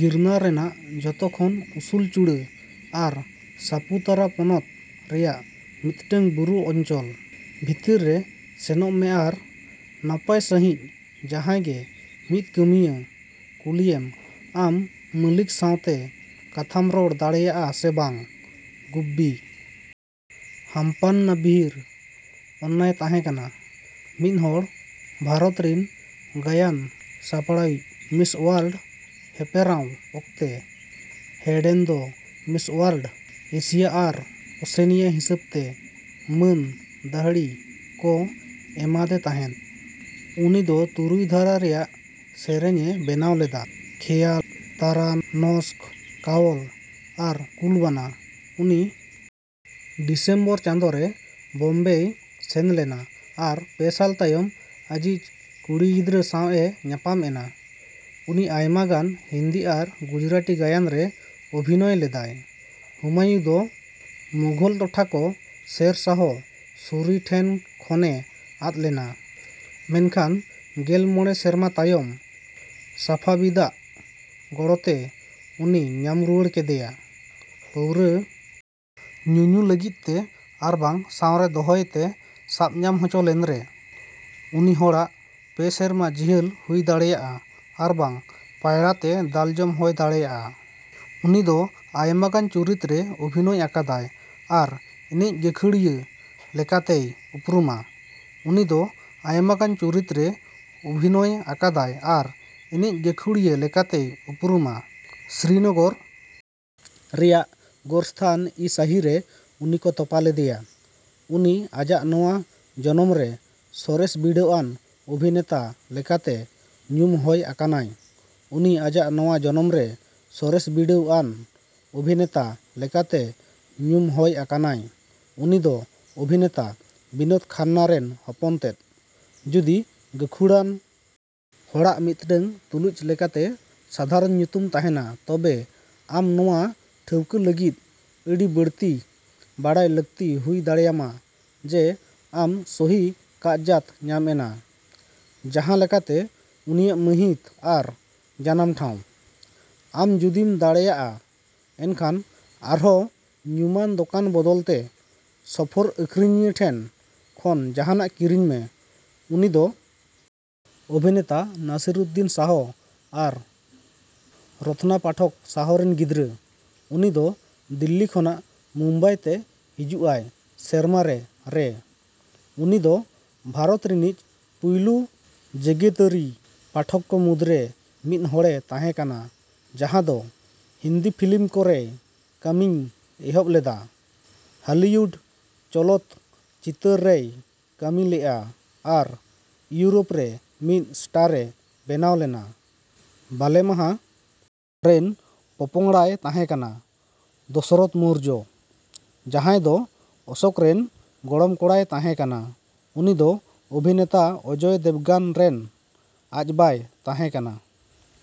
ᱜᱤᱨᱱᱟᱨ ᱨᱮᱱᱟᱜ ᱡᱷᱚᱛᱚ ᱠᱷᱚᱱ ᱩᱥᱩᱞ ᱪᱩᱲᱟᱹ ᱟᱨ ᱥᱟᱯᱩ ᱛᱟᱨᱟ ᱯᱚᱱᱚᱛ ᱨᱮᱭᱟᱜ ᱢᱤᱫᱴᱟᱝ ᱵᱩᱨᱩ ᱚᱧᱪᱚᱞ᱾ᱵᱷᱤᱛᱤᱨ ᱨᱮ ᱥᱮᱱᱚᱜ ᱢᱮ ᱟᱨ ᱱᱟᱯᱟᱭ ᱥᱟᱺᱦᱤᱡ ᱡᱟᱦᱟᱸᱭ ᱜᱮ ᱢᱤᱫ ᱠᱟᱹᱢᱤᱭᱟᱹ ᱠᱩᱞᱤᱭᱮᱢ ᱟᱢ ᱢᱟᱹᱞᱤᱠ ᱥᱟᱶᱛᱮ ᱠᱟᱛᱷᱟᱢ ᱨᱚᱲ ᱫᱟᱲᱮᱭᱟᱜᱼᱟ ᱥᱮ ᱵᱟᱝ᱾ᱜᱩᱵᱵᱤ ᱦᱟᱢᱯᱟᱱᱱᱟ ᱵᱷᱤᱨ ᱟᱱᱱᱟᱭ ᱛᱟᱸᱦᱮᱠᱟᱱᱟ ᱢᱤᱫᱦᱚᱲ ᱵᱷᱟᱨᱚᱛ ᱨᱮᱱ ᱜᱟᱭᱟᱱ ᱥᱟᱯᱲᱟᱣᱤᱡ᱾ᱢᱤᱥ ᱳᱣᱟᱨᱞᱰ ᱦᱮᱯᱮᱨᱟᱶ ᱚᱠᱛᱮ ᱦᱮᱭᱰᱮᱱ ᱫᱚ ᱢᱤᱥ ᱳᱣᱟᱨᱞᱰᱼᱮᱥᱤᱭᱟ ᱟᱨ ᱳᱥᱮᱱᱤᱭᱟ ᱦᱤᱥᱟᱹᱵᱛᱮ ᱢᱟᱹᱱ ᱫᱟᱹᱦᱲᱤ ᱠᱚ ᱮᱢᱟᱫᱮ ᱛᱟᱸᱦᱮᱫ᱾ᱩᱱᱤ ᱫᱚ ᱛᱩᱨᱩᱭ ᱫᱷᱟᱨᱟ ᱨᱮᱭᱟᱜ ᱥᱮᱨᱮᱧ ᱮ ᱵᱮᱱᱟᱣ ᱞᱮᱫᱟ ᱠᱷᱮᱭᱟᱞ, ᱛᱟᱨᱟᱱ, ᱱᱚᱠᱥ, ᱠᱟᱣᱚᱞ ᱟᱨ ᱠᱩᱞ ᱵᱟᱱᱟ᱾ᱩᱱᱤ ᱰᱤᱥᱚᱢᱵᱚᱨ ᱪᱟᱸᱫᱳ ᱨᱮ ᱵᱚᱢᱵᱮᱭ ᱥᱮᱱ ᱞᱮᱱᱟ ᱟᱨ ᱯᱮ ᱥᱟᱞ ᱛᱟᱭᱚᱢ ᱟᱹᱡᱤᱡ ᱠᱩᱲᱤ ᱜᱤᱫᱽᱨᱟᱹ ᱥᱟᱶ ᱮ ᱧᱟᱯᱟᱢ ᱮᱱᱟ᱾ᱩᱱᱤ ᱟᱭᱢᱟ ᱜᱟᱱ ᱦᱤᱱᱫᱤ ᱟᱨ ᱜᱩᱡᱽᱨᱟᱴᱤ ᱜᱟᱭᱟᱱ ᱨᱮ ᱚᱵᱷᱤᱱᱚᱭ ᱞᱮᱫᱟᱭ᱾ᱦᱩᱢᱟᱭᱩ ᱫᱚ ᱢᱩᱜᱷᱚᱞ ᱴᱚᱴᱷᱟ ᱠᱚ ᱥᱮᱨ ᱥᱟᱦᱚ ᱥᱩᱨᱤ ᱴᱷᱮᱱ ᱠᱷᱚᱱ ᱮ ᱟᱫ ᱞᱮᱱᱟ, ᱢᱮᱱᱠᱷᱟᱱ ᱜᱮᱞ ᱢᱚᱸᱬᱮ ᱥᱮᱨᱢᱟ ᱛᱟᱭᱚᱢ ᱥᱟᱯᱷᱟᱵᱤᱫ ᱟᱜ ᱜᱚᱲᱚ ᱛᱮ ᱩᱱᱤᱭ ᱧᱟᱢ ᱨᱩᱣᱟᱹᱲ ᱠᱮᱫᱭᱟ᱾ᱯᱟᱹᱣᱨᱟᱹ ᱧᱩᱧᱩ ᱞᱟᱹᱜᱤᱫᱛᱮ ᱟᱨᱵᱟᱝ ᱥᱟᱶᱨᱮ ᱫᱚᱦᱚᱭᱛᱮ ᱥᱟᱵ ᱧᱟᱢ ᱦᱚᱪᱚ ᱞᱮᱱᱨᱮ, ᱩᱱᱤ ᱦᱚᱲᱟᱜ ᱯᱮᱼᱥᱮᱨᱢᱟ ᱡᱤᱦᱟᱹᱞ ᱦᱩᱭ ᱫᱟᱲᱮᱭᱟᱜᱼᱟ ᱟᱨᱵᱟᱝ ᱯᱟᱭᱲᱟᱛᱮ ᱫᱟᱞ ᱡᱚᱢ ᱦᱚᱭ ᱫᱟᱲᱮᱭᱟᱜᱼᱟ᱾ᱩᱱᱤᱫᱚ ᱟᱭᱢᱟᱜᱟᱱ ᱪᱩᱨᱤᱛ ᱨᱮ ᱚᱵᱷᱤᱱᱚᱭ ᱟᱠᱟᱫᱟᱭ ᱟᱨ ᱮᱱᱮᱡ ᱜᱟᱹᱠᱷᱩᱲᱤᱭᱟᱹ ᱞᱮᱠᱟᱛᱮᱭ ᱩᱯᱨᱩᱢᱟ᱾ᱩᱱᱤᱫᱚ ᱟᱭᱢᱟᱜᱟᱱ ᱪᱩᱨᱤᱛ ᱨᱮ ᱚᱵᱷᱤᱱᱚᱭ ᱟᱠᱟᱫᱟᱭ ᱟᱨ ᱮᱱᱮᱡ ᱜᱟᱹᱠᱷᱩᱲᱤᱭᱟᱹ ᱞᱮᱠᱟᱛᱮᱭ ᱩᱯᱨᱩᱢᱟ᱾ᱥᱨᱤᱱᱚᱜᱚᱨ ᱨᱮᱭᱟᱜ ᱜᱳᱨᱥᱛᱷᱟᱱ ᱤ ᱥᱟᱦᱤ ᱨᱮ ᱩᱱᱤ ᱠᱚ ᱛᱚᱯᱟ ᱞᱮᱫᱮᱭᱟ᱾ᱩᱱᱤ ᱟᱡᱟᱜ ᱱᱚᱶᱟ ᱡᱚᱱᱚᱢᱨᱮ ᱥᱚᱨᱮᱥ ᱵᱤᱰᱟᱹᱣ ᱟᱱ ᱚᱵᱷᱤᱱᱮᱛᱟ ᱞᱮᱠᱟᱛᱮ ᱧᱩᱢ ᱦᱳᱭ ᱟᱠᱟᱱᱟᱭ᱾ᱩᱱᱤ ᱟᱡᱟᱜ ᱱᱚᱶᱟ ᱡᱚᱱᱚᱢᱨᱮ ᱥᱚᱨᱮᱥ ᱵᱤᱰᱟᱹᱣ ᱟᱱ ᱚᱵᱷᱤᱱᱮᱛᱟ ᱞᱮᱠᱟᱛᱮ ᱧᱩᱢ ᱦᱳᱭ ᱟᱠᱟᱱᱟᱭ᱾ᱩᱱᱤᱫᱚ ᱚᱵᱷᱤᱱᱮᱛᱟ ᱵᱤᱱᱳᱫ ᱠᱷᱟᱱᱱᱟ ᱨᱮᱱ ᱦᱚᱯᱚᱱᱛᱮᱫ᱾ᱡᱩᱫᱤ, ᱜᱟᱹᱠᱷᱩᱲᱟᱱ ᱦᱚᱲᱟᱜ ᱢᱤᱫᱴᱟᱝ ᱛᱩᱞᱩᱡ ᱞᱮᱠᱟᱛᱮ ᱥᱟᱫᱷᱟᱨᱚᱱ ᱧᱩᱛᱩᱢ ᱛᱟᱸᱦᱮᱱᱟ ᱛᱚᱵᱮ ᱟᱢ ᱱᱚᱶᱟ ᱴᱷᱟᱹᱣᱠᱟ ᱞᱟᱹᱜᱤᱫ ᱟᱹᱰᱤ ᱵᱟᱹᱲᱛᱤ ᱵᱟᱰᱟᱭ ᱞᱟᱹᱠᱛᱤ ᱦᱩᱭ ᱫᱟᱲᱮᱭᱟᱢᱟ ᱡᱮ ᱟᱢ ᱥᱚᱦᱤ ᱠᱟᱜᱡᱟᱛ ᱧᱟᱢ ᱮᱱᱟ, ᱡᱟᱸᱦᱟ ᱞᱮᱠᱟᱛᱮ ᱩᱱᱤᱭᱟᱜ ᱢᱟᱹᱦᱤᱛ ᱟᱨ ᱡᱟᱱᱟᱢ ᱴᱷᱟᱶ᱾ᱟᱢ ᱡᱩᱫᱤᱢ ᱫᱟᱲᱮᱭᱟᱜᱼᱟ, ᱮᱱᱠᱷᱟᱱ ᱟᱨᱦᱚᱸ ᱧᱩᱢᱟᱱ ᱫᱚᱠᱟᱱ ᱵᱚᱫᱚᱞᱛᱮ ᱥᱳᱯᱳᱨ ᱟᱹᱠᱷᱨᱤᱧᱤᱭᱟᱹ ᱴᱷᱮᱱ ᱠᱷᱚᱱ ᱡᱟᱦᱟᱱᱟᱜ ᱠᱤᱨᱤᱧᱢᱮ᱾ᱩᱱᱤᱫᱚ ᱚᱵᱷᱤᱱᱮᱛᱟ ᱱᱟᱥᱤᱨᱩᱫᱽᱫᱤᱱ ᱥᱟᱦᱚ ᱟᱨ ᱨᱚᱛᱱᱟ ᱯᱟᱴᱷᱚᱠ ᱥᱟᱦᱚ ᱨᱮᱱ ᱜᱤᱫᱽᱨᱟᱹ᱾ᱩᱱᱤᱫᱚ ᱫᱤᱞᱞᱤ ᱠᱷᱚᱱᱟᱜ ᱢᱩᱢᱵᱟᱭᱛᱮ ᱦᱤᱡᱩᱜ ᱟᱭ ᱥᱮᱨᱢᱟᱨᱮ ᱨᱮ᱾ᱩᱱᱤ ᱫᱚ ᱵᱷᱟᱨᱚᱛ ᱨᱤᱱᱤᱡ ᱯᱩᱭᱞᱩ ᱡᱮᱜᱮᱛᱟᱹᱨᱤ ᱯᱟᱴᱷᱚᱠ ᱠᱚ ᱢᱩᱫᱽ ᱨᱮ ᱢᱤᱫ ᱦᱚᱲ ᱮ ᱛᱟᱸᱦᱮ ᱠᱟᱱᱟ ᱡᱟᱸᱦᱟ ᱫᱚ ᱦᱤᱱᱫᱤ ᱯᱷᱤᱞᱤᱢ ᱠᱚ ᱨᱮ ᱠᱟᱹᱢᱤᱭ ᱮᱦᱚᱵ ᱞᱮᱫᱟ, ᱦᱟᱞᱤᱭᱩᱰ ᱪᱚᱞᱚᱛ ᱪᱤᱛᱟᱹᱨ ᱨᱮᱭ ᱠᱟᱹᱢᱤ ᱞᱮᱜᱼᱟ ᱟᱨ ᱤᱭᱩᱨᱳᱯ ᱨᱮ ᱢᱤᱫ ᱥᱴᱟᱨ ᱮ ᱵᱮᱱᱟᱣ ᱞᱮᱱᱟ᱾ᱵᱟᱞᱮᱢᱟᱦᱟ ᱨᱮᱱ ᱯᱚᱯᱚᱝᱲᱟᱭ ᱛᱟᱦᱮᱸ ᱠᱟᱱᱟ ᱫᱚᱥᱚᱨᱚᱛᱷ ᱢᱳᱨᱡᱚ, ᱡᱟᱦᱟᱸᱭ ᱫᱚ ᱚᱥᱳᱠ ᱨᱮᱱ ᱜᱚᱲᱚᱢ ᱠᱚᱲᱟᱭ ᱛᱟᱦᱮᱸ ᱠᱟᱱᱟ᱾ᱩᱱᱤᱫᱚ ᱚᱵᱷᱤᱱᱮᱛᱟ ᱚᱡᱚᱭ ᱫᱮᱵᱽᱜᱟᱱ ᱨᱮᱱ ᱟᱡᱵᱟᱭ ᱛᱟᱦᱮᱸ ᱠᱟᱱᱟ᱾